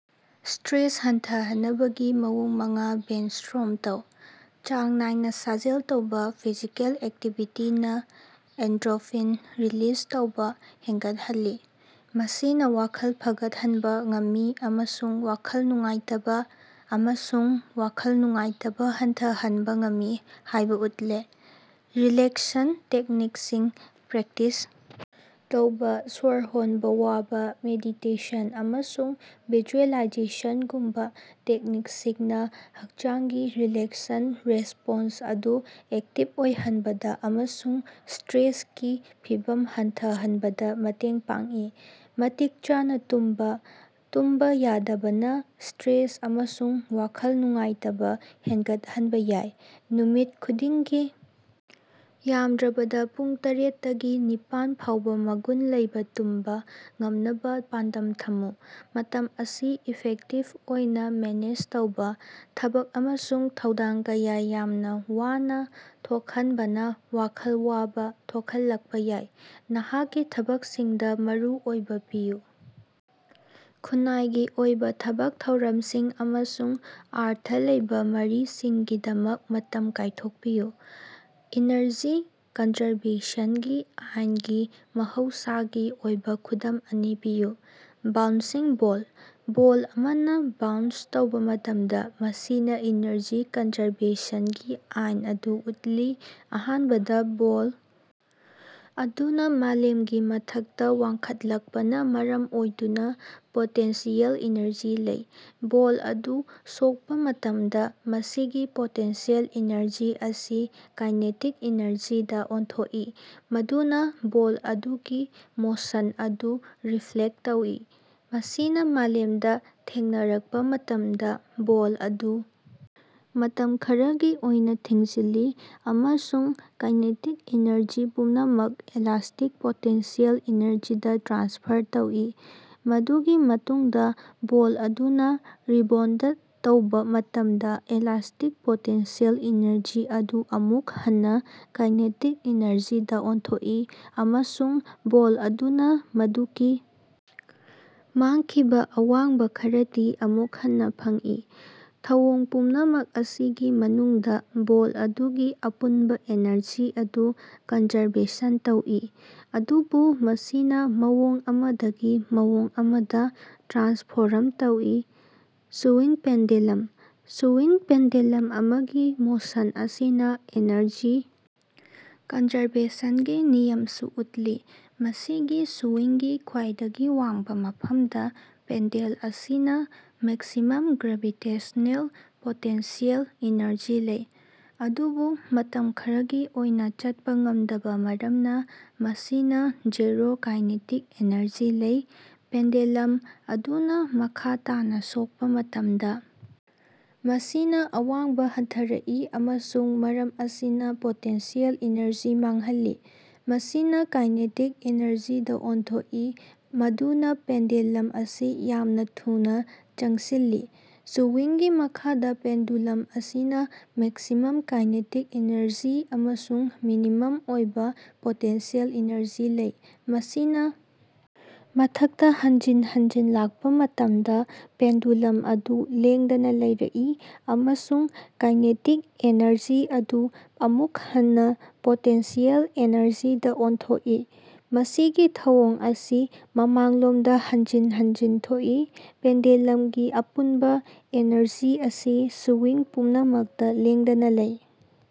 Stress ꯍꯟꯊꯍꯟꯅꯕꯒꯤ ꯃꯑꯣꯡ ꯃꯉꯥ ꯕ꯭ꯔꯦꯟꯁ꯭ꯇꯣꯔꯝ ꯇꯧ꯫ ꯆꯥꯡ ꯅꯥꯏꯅ ꯁꯥꯖꯦꯜ ꯇꯧꯕꯥ: ꯐꯤꯖꯤꯀꯦꯜ ꯑꯦꯛꯇꯤꯚꯤꯇꯤꯅꯥ ꯑꯦꯟꯗꯣꯔꯐꯤꯟ ꯔꯤꯂꯤꯖ ꯇꯧꯕ ꯍꯦꯟꯒꯠꯍꯜꯂꯤ, ꯃꯁꯤꯅ ꯋꯥꯈꯜ ꯐꯒꯠꯍꯟꯕ ꯉꯝꯃꯤ ꯑꯃꯁꯨꯡ ꯋꯥꯈꯜ ꯅꯨꯡꯉꯥꯏꯇꯕ ꯑꯃꯁꯨꯡ ꯋꯥꯈꯜ ꯅꯨꯡꯉꯥꯏꯇꯕ ꯍꯟꯊꯍꯟꯕ ꯉꯝꯃꯤ ꯍꯥꯏꯕ ꯎꯠꯂꯦ꯫ ꯔꯤꯂꯦꯛꯁꯟ ꯇꯦꯛꯅꯤꯛꯁꯤꯡ ꯄ꯭ꯔꯦꯛꯇꯤꯁ ꯇꯧꯕꯥ: ꯁ꯭ꯋꯔ ꯍꯣꯟꯕ ꯋꯥꯕ, ꯃꯦꯗꯤꯇꯦꯁꯟ, ꯑꯃꯁꯨꯡ ꯚꯤꯖꯨꯑꯦꯂꯥꯏꯖꯦꯁꯟꯒꯨꯝꯕ ꯇꯦꯛꯅꯤꯛꯁꯤꯡꯅ ꯍꯛꯆꯥꯡꯒꯤ ꯔꯤꯂꯦꯛꯁꯟ ꯔꯦꯁ꯭ꯄꯣꯟꯁ ꯑꯗꯨ ꯑꯦꯛꯇꯤꯚ ꯑꯣꯏꯍꯟꯕꯗ ꯑꯃꯁꯨꯡ ꯁ꯭ꯇꯔꯦꯁꯀꯤ ꯐꯤꯚꯝ ꯍꯟꯊꯍꯟꯕꯗ ꯃꯇꯦꯡ ꯄꯥꯡꯏ꯫ ꯃꯇꯤꯛ ꯆꯥꯅ ꯇꯨꯝꯕꯥ: ꯇꯨꯝꯕ ꯌꯥꯗꯕꯅ ꯁ꯭ꯇꯔꯦꯁ ꯑꯃꯁꯨꯡ ꯋꯥꯈꯜ ꯅꯨꯡꯉꯥꯏꯇꯕ ꯍꯦꯟꯒꯠꯍꯟꯕ ꯌꯥꯏ꯫ ꯅꯨꯃꯤꯠ ꯈꯨꯗꯤꯡꯒꯤ ꯌꯥꯝꯗ꯭ꯔꯕꯗ ꯄꯨꯡ ꯇꯔ‌ꯦꯠꯇꯒꯤ ꯅꯤꯄꯥꯟ ꯐꯥꯎꯕ ꯃꯒꯨꯟ ꯂꯩꯕ ꯇꯨꯝꯕ ꯉꯝꯅꯕ ꯄꯥꯟꯗꯝ ꯊꯝꯃꯨ꯫ ꯃꯇꯝ ꯑꯁꯤ ꯏꯐꯦꯛꯇꯤꯚ ꯑꯣꯏꯅ ꯃꯦꯅꯦꯖ ꯇꯧꯕꯥ: ꯊꯕꯛ ꯑꯃꯁꯨꯡ ꯊꯧꯗꯥꯡ ꯀꯌꯥ ꯌꯥꯝꯅ ꯋꯥꯅ ꯊꯣꯛꯍꯟꯕꯅ ꯋꯥꯈꯜ ꯋꯥꯕ ꯊꯣꯛꯍꯜꯂꯛꯄꯥ ꯌꯥꯏ꯫ ꯅꯍꯥꯛꯀꯤ ꯊꯕꯛꯁꯤꯡꯗ ꯃꯔꯨ ꯑꯣꯏꯕ ꯄꯤꯌꯨ, ꯈꯨꯟꯅꯥꯏꯒꯤ ꯑꯣꯏꯕ ꯊꯕꯛ ꯊꯧꯔꯝꯁꯤꯡ ꯑꯃꯁꯨꯡ ꯑꯔꯊ ꯂꯩꯕꯥ ꯃꯔꯤꯁꯤꯡꯒꯤꯗꯃꯛ ꯃꯇꯝ ꯀꯥꯏꯊꯣꯛꯄꯤꯌꯨ꯫ ꯏꯅꯔꯖꯤ ꯀꯟꯖꯔꯕꯦꯁꯟꯒꯤ ꯑꯥꯏꯟꯒꯤ ꯃꯍꯧꯁꯥꯒꯤ ꯑꯣꯏꯕ ꯈꯨꯗꯝ ꯑꯅꯤ ꯄꯤꯌꯨ꯫ ꯕꯥꯎꯟꯁꯤꯡ ꯕ‌ꯣꯜ: ꯕꯣꯜ ꯑꯃꯅ ꯕꯥꯎꯟꯁ ꯇꯧꯕ ꯃꯇꯝꯗ, ꯃꯁꯤꯅ ꯏꯅꯔꯖꯤ ꯀꯟꯖꯥꯔꯕꯦꯁꯟꯒꯤ ꯑꯥꯏꯟ ꯑꯗꯨ ꯎꯠꯂꯤ꯫ ꯑꯍꯥꯟꯕꯗ, ꯕꯣꯜ ꯑꯗꯨꯅ ꯃꯥꯂꯦꯝꯒꯤ ꯃꯊꯛꯇ ꯋꯥꯡꯈꯠꯂꯛꯄꯅ ꯃꯔꯝ ꯑꯣꯏꯗꯨꯅ ꯄꯣꯇꯦꯟꯁꯤꯑꯦꯜ ꯑꯦꯅꯔꯖꯤ ꯂꯩ꯫ ꯕꯣꯜ ꯑꯗꯨ ꯁꯣꯛꯄꯥ ꯃꯇꯝꯗ, ꯃꯁꯤꯒꯤ ꯄꯣꯇꯦꯟꯁꯤꯑꯦꯜ ꯑꯦꯅꯔꯖꯤ ꯑꯁꯤ ꯀꯥꯏꯅꯦꯇꯤꯛ ꯑꯦꯅꯔꯖꯤꯗ ꯑꯣꯟꯊꯣꯛꯏ, ꯃꯗꯨꯅ ꯕꯣꯜ ꯑꯗꯨꯒꯤ ꯃꯣꯁꯟ ꯑꯗꯨ ꯔꯤꯐ꯭ꯂꯦꯛ ꯇꯧꯏ꯫ ꯃꯁꯤꯅꯥ ꯃꯥꯂꯦꯝꯗ ꯊꯦꯡꯅꯔꯛꯄ ꯃꯇꯝꯗꯥ, ꯕꯣꯜ ꯑꯗꯨ ꯃꯇꯝ ꯈꯔꯒꯤ ꯑꯣꯏꯅꯥ ꯊꯤꯡꯖꯤꯜꯂꯤ, ꯑꯃꯁꯨꯡ ꯀꯥꯏꯅꯦꯇꯤꯛ ꯑꯦꯅꯔꯖꯤ ꯄꯨꯝꯅꯃꯛ ꯏꯂꯥꯁ꯭ꯇꯤꯛ ꯄꯣꯇꯦꯟꯁꯤꯑꯦꯜ ꯑꯦꯅꯔꯖꯤꯗ ꯇ꯭ꯔꯥꯟꯁꯐꯔ ꯇꯧꯏ꯫ ꯃꯗꯨꯒꯤ ꯃꯇꯨꯡꯗꯥ, ꯕꯣꯜ ꯑꯗꯨꯅ ꯔꯤꯕꯣꯟꯗ ꯇꯧꯕ ꯃꯇꯝꯗ, ꯏꯂꯥꯁ꯭ꯇꯤꯛ ꯄꯣꯇꯦꯟꯁꯤꯑꯦꯜ ꯑꯦꯅꯔꯖꯤ ꯑꯗꯨ ꯑꯃꯨꯛ ꯍꯟꯅ ꯀꯥꯏꯅꯦꯇꯤꯛ ꯑꯦꯅꯔꯖꯤꯗ ꯑꯣꯟꯊꯣꯛꯏ, ꯑꯃꯁꯨꯡ ꯕꯣꯜ ꯑꯗꯨꯅ ꯃꯗꯨꯒꯤ ꯃꯥꯡꯈꯤꯕ ꯑꯋꯥꯡꯕ ꯈꯔꯗꯤ ꯑꯃꯨꯛ ꯍꯟꯅꯥ ꯐꯪꯏ꯫ ꯊꯧꯑꯣꯡ ꯄꯨꯝꯅꯃꯛ ꯑꯁꯤꯒꯤ ꯃꯅꯨꯡꯗꯥ, ꯕꯣꯜ ꯑꯗꯨꯒꯤ ꯑꯄꯨꯟꯕ ꯑꯦꯅꯔꯖꯤ ꯑꯗꯨ ꯀꯟꯖꯔꯕꯦꯁꯟ ꯇꯧꯏ, ꯑꯗꯨꯕꯨ ꯃꯁꯤꯅ ꯃꯑꯣꯡ ꯑꯃꯗꯒꯤ ꯃꯑꯣꯡ ꯑꯃꯗ ꯇ꯭ꯔꯥꯟꯁꯐꯣꯔꯝ ꯇꯧꯏ꯫ ꯁꯨꯋꯤꯡ ꯄꯦꯟꯗꯦꯂꯝ: ꯁꯨꯋꯤꯡ ꯄꯦꯟꯗ‌ꯦꯂꯝ ꯑꯃꯒꯤ ꯃꯣꯁꯟ ꯑꯁꯤꯅ ꯏꯅꯔꯖꯤ ꯀꯟꯖꯔꯕꯦꯁꯟꯒꯤ ꯅꯤꯌꯝꯁꯨ ꯎꯠꯂꯤ꯫ ꯃꯁꯤꯒꯤ ꯁꯨꯋꯤꯡꯒꯤ ꯈ꯭ꯋꯥꯏꯗꯒꯤ ꯋꯥꯡꯕ ꯃꯐꯝꯗ, ꯄꯦꯟꯗꯦꯜ ꯑꯁꯤꯅ ꯃꯦꯛꯁꯤꯃꯝ ꯒ꯭ꯔꯦꯚꯤꯇꯦꯁꯅꯦꯜ ꯄꯣꯇꯦꯟꯁꯤꯑꯦꯜ ꯑꯦꯅꯔꯖꯤ ꯂꯩ, ꯑꯗꯨꯕꯨ ꯃꯇꯝ ꯈꯔꯒꯤ ꯑꯣꯏꯅ ꯆꯠꯄ ꯉꯝꯗꯕꯥ ꯃꯔꯝꯅ ꯃꯁꯤꯅꯥ ꯖꯤꯔꯣ ꯀꯥꯏꯅꯦꯇꯤꯛ ꯑꯦꯅꯔꯖꯤ ꯂꯩ꯫ ꯄꯦꯟꯗꯦꯂꯝ ꯑꯗꯨꯅ ꯃꯈꯥ ꯇꯥꯅ ꯁꯣꯛꯄꯥ ꯃꯇꯝꯗ ꯃꯁꯤꯅ ꯑꯋꯥꯡꯕ ꯍꯟꯊꯔꯛꯏ ꯑꯃꯁꯨꯡ ꯃꯔꯝ ꯑꯁꯤꯅ ꯄꯣꯇꯦꯟꯁꯤꯑꯦꯜ ꯑꯦꯅꯔꯖꯤ ꯃꯥꯡꯍꯜꯂꯤ꯫ ꯃꯁꯤꯅꯥ ꯀꯥꯏꯅꯦꯇꯤꯛ ꯑꯦꯅꯔꯖꯤꯗꯥ ꯑꯣꯟꯊꯣꯛꯏ, ꯃꯗꯨꯅ ꯄꯦꯟꯗꯦꯂꯝ ꯑꯁꯤ ꯌꯥꯝꯅ ꯊꯨꯅꯥ ꯆꯪꯁꯤꯜꯂꯤ꯫ ꯁꯨꯋꯤꯡꯒꯤ ꯃꯈꯥꯗ, ꯄꯦꯟꯗꯨꯂꯝ ꯑꯁꯤꯅ ꯃꯦꯛꯁꯤꯃꯝ ꯀꯥꯏꯅꯦꯇꯤꯛ ꯑꯦꯅꯔꯖꯤ ꯑꯃꯁꯨꯡ ꯃꯤꯅꯤꯃꯝ ꯑꯣꯏꯕ ꯄꯣꯇꯦꯟꯁꯤꯑꯦꯜ ꯑꯦꯅꯔꯖꯤ ꯂꯩ꯫ ꯃꯁꯤꯅ ꯃꯊꯛꯇꯥ ꯍꯟꯖꯤꯟ ꯍꯟꯖꯤꯟ ꯂꯥꯛꯄꯥ ꯃꯇꯝꯗꯥ, ꯄꯦꯟꯗꯨꯂꯝ ꯑꯗꯨ ꯂꯦꯡꯗꯅꯥ ꯂꯩꯔꯛꯏ, ꯑꯃꯁꯨꯡ ꯀꯥꯏꯅꯦꯇꯤꯛ ꯑꯦꯅꯔꯖꯤ ꯑꯗꯨ ꯑꯃꯨꯛ ꯍꯟꯅꯥ ꯄꯣꯇꯦꯟꯁꯤꯑꯦꯜ ꯑꯦꯅꯔꯖꯤꯗꯥ ꯑꯣꯟꯊꯣꯛꯏ꯫ ꯃꯁꯤꯒꯤ ꯊꯧꯑꯣꯡ ꯑꯁꯤ ꯃꯃꯥꯡꯂꯣꯝꯗꯥ ꯍꯟꯖꯤꯟ ꯍꯟꯖꯤꯟ ꯊꯣꯛꯏ, ꯄꯦꯟꯗꯦꯂꯝꯒꯤ ꯑꯄꯨꯟꯕꯥ ꯑꯦꯅꯔꯖꯤ ꯑꯁꯤ ꯁꯨꯋꯤꯡ ꯄꯨꯝꯅꯃꯛꯇ ꯂꯦꯡꯗꯅ ꯂꯩ꯫